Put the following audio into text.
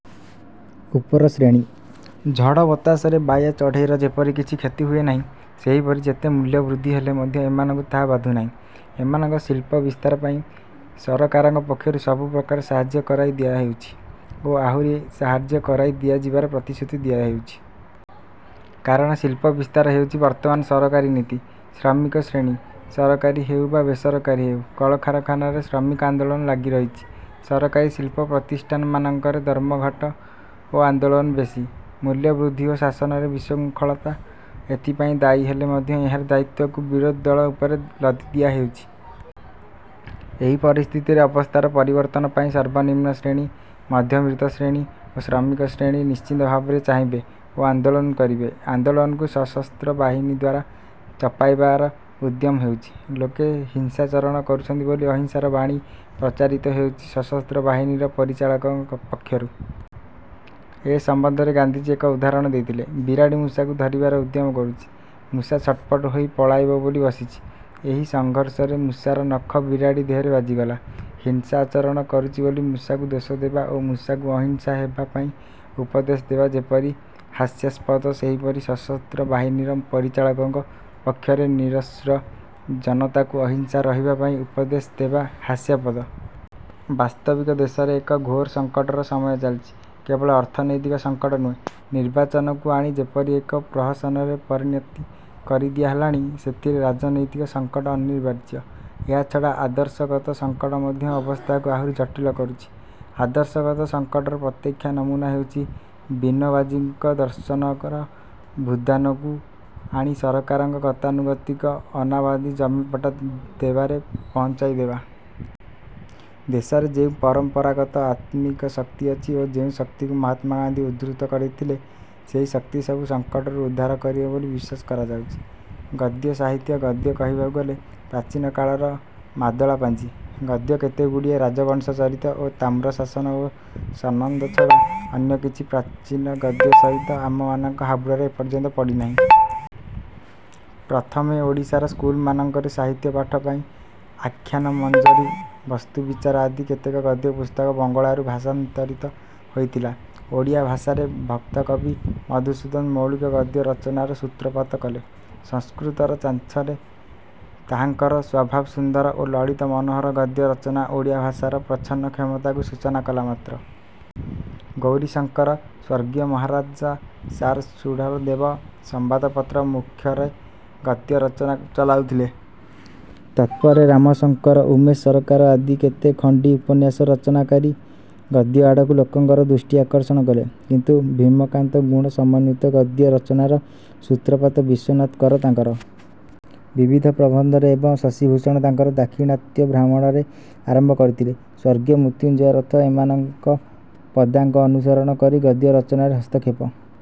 ଉପର ଶ୍ରେଣୀ- ଝଡ଼ ବତାସରେ ବାୟା ଚଢ଼େଇର ଯେପରି କିଛି କ୍ଷତି ହୁଏନାହିଁ, ସେହିପରି ଯେତେ ମୂଲ୍ୟବୃଦ୍ଧି ହେଲେ ମଧ୍ୟ ଏମାନଙ୍କୁ ତାହା ବାଧୁନାହିଁ। ଏମାନଙ୍କ ଶିଳ୍ପ ବିସ୍ତାର ପାଇଁ, ସରକାରଙ୍କ ପକ୍ଷରୁ ସବୁପ୍ରକାର ସାହାଯ୍ୟ କରାଇ ଦିଆହେଉଛି ଓ ଆହୁରି ସାହାଯ୍ୟ କରାଇ ଦିଆଯିବାର ପ୍ରତିଶ୍ରୁତି ଦିଆହେଉଛି। କାରଣ ଶିଳ୍ପ ବିସ୍ତାର ହେଉଛି ବର୍ତ୍ତମାନ ସରକାରୀ ନୀତି। ଶ୍ରମିକ ଶ୍ରେଣୀ- ସରକାରୀ ହେଉ ବା ବେସରକାରୀ ହେଉ କଳକାରଖାନାରେ ଶ୍ରମିକ ଆନ୍ଦୋଳନ ଲାଗି ରହିଛି। ସରକାରୀ ଶିଳ୍ପ ପ୍ରତିଷ୍ଠାନମାନଙ୍କରେ ଧର୍ମଘଟ ଓ ଆନ୍ଦୋଳନ ବେଶି। ମୂଲ୍ୟ ବୃଦ୍ଧି ଓ ଶାସନରେ ବିଶୃଙ୍ଖଳା ଏଥିପାଇଁ ଦାୟୀ ହେଲେ ମଧ୍ୟ ଏହାର ଦାୟିତ୍ୱକୁ ବିରୋଧଦଳ ଉପରେ ଲଦି ଦିଆ ହେଉଛି। ଏହି ପରିସ୍ଥିତିରେ ଅବସ୍ଥାର ପରିବର୍ତ୍ତନ ପାଇଁ ସର୍ବନିମ୍ନ ଶ୍ରେଣୀ, ମଧ୍ୟବିତ୍ତ ଶ୍ରେଣୀ ଓ ଶ୍ରମିକ ଶ୍ରେଣୀ ନିଶ୍ଚିତ ଭାବରେ ଚାହିଁବେ ଓ ଆନ୍ଦୋଳନ କରିବେ। ଆନ୍ଦୋଳନକୁ ସଶସ୍ତ୍ର ବାହିନୀଦ୍ୱାରା ଚପାଇବାର ଉଦ୍ୟମ ହେଉଛି। ଲୋକେ ହିଂସାଚରଣ କରୁଛନ୍ତି ବୋଲି ଅହିଂସାର ବାଣୀ ପ୍ରଚାରିତ ହେଉଛି ସଶସ୍ତ୍ର ବାହିନୀର ପରିଚାଳକଙ୍କ ପକ୍ଷରୁ। ଏ ସମ୍ବନ୍ଧରେ ଗାନ୍ଧିଜୀ ଏକ ଉଦାହରଣ ଦେଇଥିଲେ। ବିରାଡ଼ି ମୂଷାକୁ ଧରିବାର ଉଦ୍ୟମ କରୁଚି। ମୂଷା ଛଟପଟ ହୋଇ ପଳାଇବ ବୋଲି ବସିଛି। ଏହି ସଂଘର୍ଷରେ ମୂଷାର ନଖ ବିରାଡ଼ି ଦେହରେ ବାଜିଗଲା। ହିଂସା ଆଚରଣ କରୁଚି ବୋଲି ମୂଷାକୁ ଦୋଷଦେବା ଓ ମୂଷାକୁ ଅହିଂସା ହେବା ପାଇଁ ଉପଦେଶ ଦେବା ଯେପରି ହାସ୍ୟାସ୍ପଦ ସେହିପରି ସଶସ୍ତ୍ର ବାହିନୀର ପରିଚାଳକଙ୍କ ପକ୍ଷରେ ନିରସ୍ତ୍ର ଜନତାକୁ ଅହିଂସା ରହିବା ପାଇଁ ଉପଦେଶ ଦେବା ହାସ୍ୟାସ୍ପଦ। ' ବାସ୍ତବିକ ଦେଶରେ ଏକ ଘୋର ସଂକଟର ସମୟ ଚାଲିଛି। କେବଳ ଅର୍ଥନୈତିକ ସଂକଟ ନୁହେଁ। ନିର୍ବାଚନକୁ ଆଣି ଯେପରି ଏକ ପ୍ରହସନରେ ପରିଣତି କରିଦିଆ ହେଲାଣି, ସେଥିରେ ରାଜନୈତିକ ସଂକଟ ଅନିବାର୍ଯ୍ୟ। ଏହାଛଡ଼ା ଆଦର୍ଶଗତ ସଂକଟ ମଧ୍ୟ ଅବସ୍ଥାକୁ ଆହୁରି ଜଟିଳ କରୁଛି। ଆଦର୍ଶଗତ ସଂକଟର ପ୍ରତ୍ୟକ୍ଷ ନମୁନା ହେଉଛି ବିନୋବାଜୀଙ୍କ ଦର୍ଶନର ଭୂଦାନକୁ ଆଣି ସରକାରଙ୍କ ଗତାନୁଗତିକ ଅନାବାଦୀ ଜମି ପଟ୍ଟା ଦେବାରେ ପହୁଞ୍ଚାଇଦେବା। ଦେଶରେ ଯେଉଁ ପରମ୍ପରାଗତ ଆତ୍ମିକ ଶକ୍ତି ଅଛି ଓ ଯେଉଁ ଶକ୍ତିକୁ ମହାତ୍ମାଗାନ୍ଧି ଉଦ୍ବୁଦ୍ଧ କରାଇଥିଲେ, ସେହି ଶକ୍ତି ସବୁ ସଙ୍କଟରୁ ଉଦ୍ଧାର କରିବ ବୋଲି ବିଶ୍ୱାସ କରାଯାଉଛି। ଗଦ୍ୟ ସାହିତ୍ୟ-ଗଦ୍ୟ କହିବାକୁ ଗଲେ, ପ୍ରାଚୀନ କାଳର ମାଦଳାପାଞ୍ଜି, ଗଦ୍ୟ କେତେଗୁଡ଼ିଏ ରାଜବଂଶଚରିତ ଓ ତାମ୍ରଶାସନ ଓ ସନନ୍ଦ ଛଡ଼ା ଅନ୍ୟ କିଛି ପ୍ରାଚୀନ ଗଦ୍ୟ ସାହିତ୍ୟ ଆମମାନଙ୍କ ହାବୁଡ଼ରେ ଏପର୍ଯ୍ୟନ୍ତ ପଡ଼ିନାହିଁ। ପ୍ରଥମେ ଓଡ଼ିଶାର ସ୍କୁଲମାନଙ୍କରେ ସାହିତ୍ୟ ପାଠ ପାଇଁ 'ଆଖ୍ୟାନମଞ୍ଜରୀ' 'ବସ୍ତୁବିଚାର' ଆଦି କେତେକ ଗଦ୍ୟ ପୁସ୍ତକ ବଙ୍ଗଳାରୁ ଭାଷାନ୍ତରିତ ହୋଇଥିଲା। ଓଡ଼ିଆ ଭାଷାରେ ଭକ୍ତକବି ମଧୁସୂଦନ ମୌଳିକ ଗଦ୍ୟ ରଚନାର ସୂତ୍ରପାତ କଲେ। ସଂସ୍କୃତର ଛାଞ୍ଚରେ ତାହାଙ୍କର ସ୍ୱଭାବ-ସୁନ୍ଦର ଓ ଲଳିତ ମନୋହର ଗଦ୍ୟ ରଚନା ଓଡ଼ିଆ ଭାଷାର ପ୍ରଚ୍ଛନ୍ନ କ୍ଷମତାକୁ ସୂଚନା କଲା ମାତ୍ର। ଗୌରୀଶଙ୍କର, ସ୍ୱର୍ଗୀୟ ମହାରାଜା ସାର୍ ସୁଢ଼ଳ ଦେବ, ସମ୍ୱାଦପତ୍ର ମୁଖରେ ଗଦ୍ୟ ରଚନା ଚଳାଉଥିଲେ। ତତ୍ପରେ ରାମଶଙ୍କର, ଉମେଶ ସରକାର ଆଦି କେତେ ଖଣ୍ଡି ଉପନ୍ୟାସ ରଚନାକରୀ ଗଦ୍ୟ ଆଡ଼କୁ ଲୋକଙ୍କର ଦୃଷ୍ଟିଆକର୍ଷଣ କଲେ, କିନ୍ତୁ ଭୀମ-କାନ୍ତ-ଗୁଣ-ସମନ୍ୱିତ ଗଦ୍ୟ ରଚନାର ସୂତ୍ରପାତ ବିଶ୍ୱନାଥ କର ତାଙ୍କର ବିବିଧ ପ୍ରବନ୍ଧରେ ଏବଂ ଶଶିଭୂଷଣ ତାଙ୍କର ଦାକ୍ଷିଣାତ୍ୟ ଭ୍ରମଣରେ ଆରମ୍ଭ କରିଥିଲେ; ସ୍ୱର୍ଗୀୟ ମୃତ୍ୟୁଞ୍ଜୟ ରଥ ଏମାନଙ୍କ ପଦାଙ୍କ ଅନୁସରଣ କରି ଗଦ୍ୟ ରଚନାରେ ହସ୍ତକ୍ଷେପ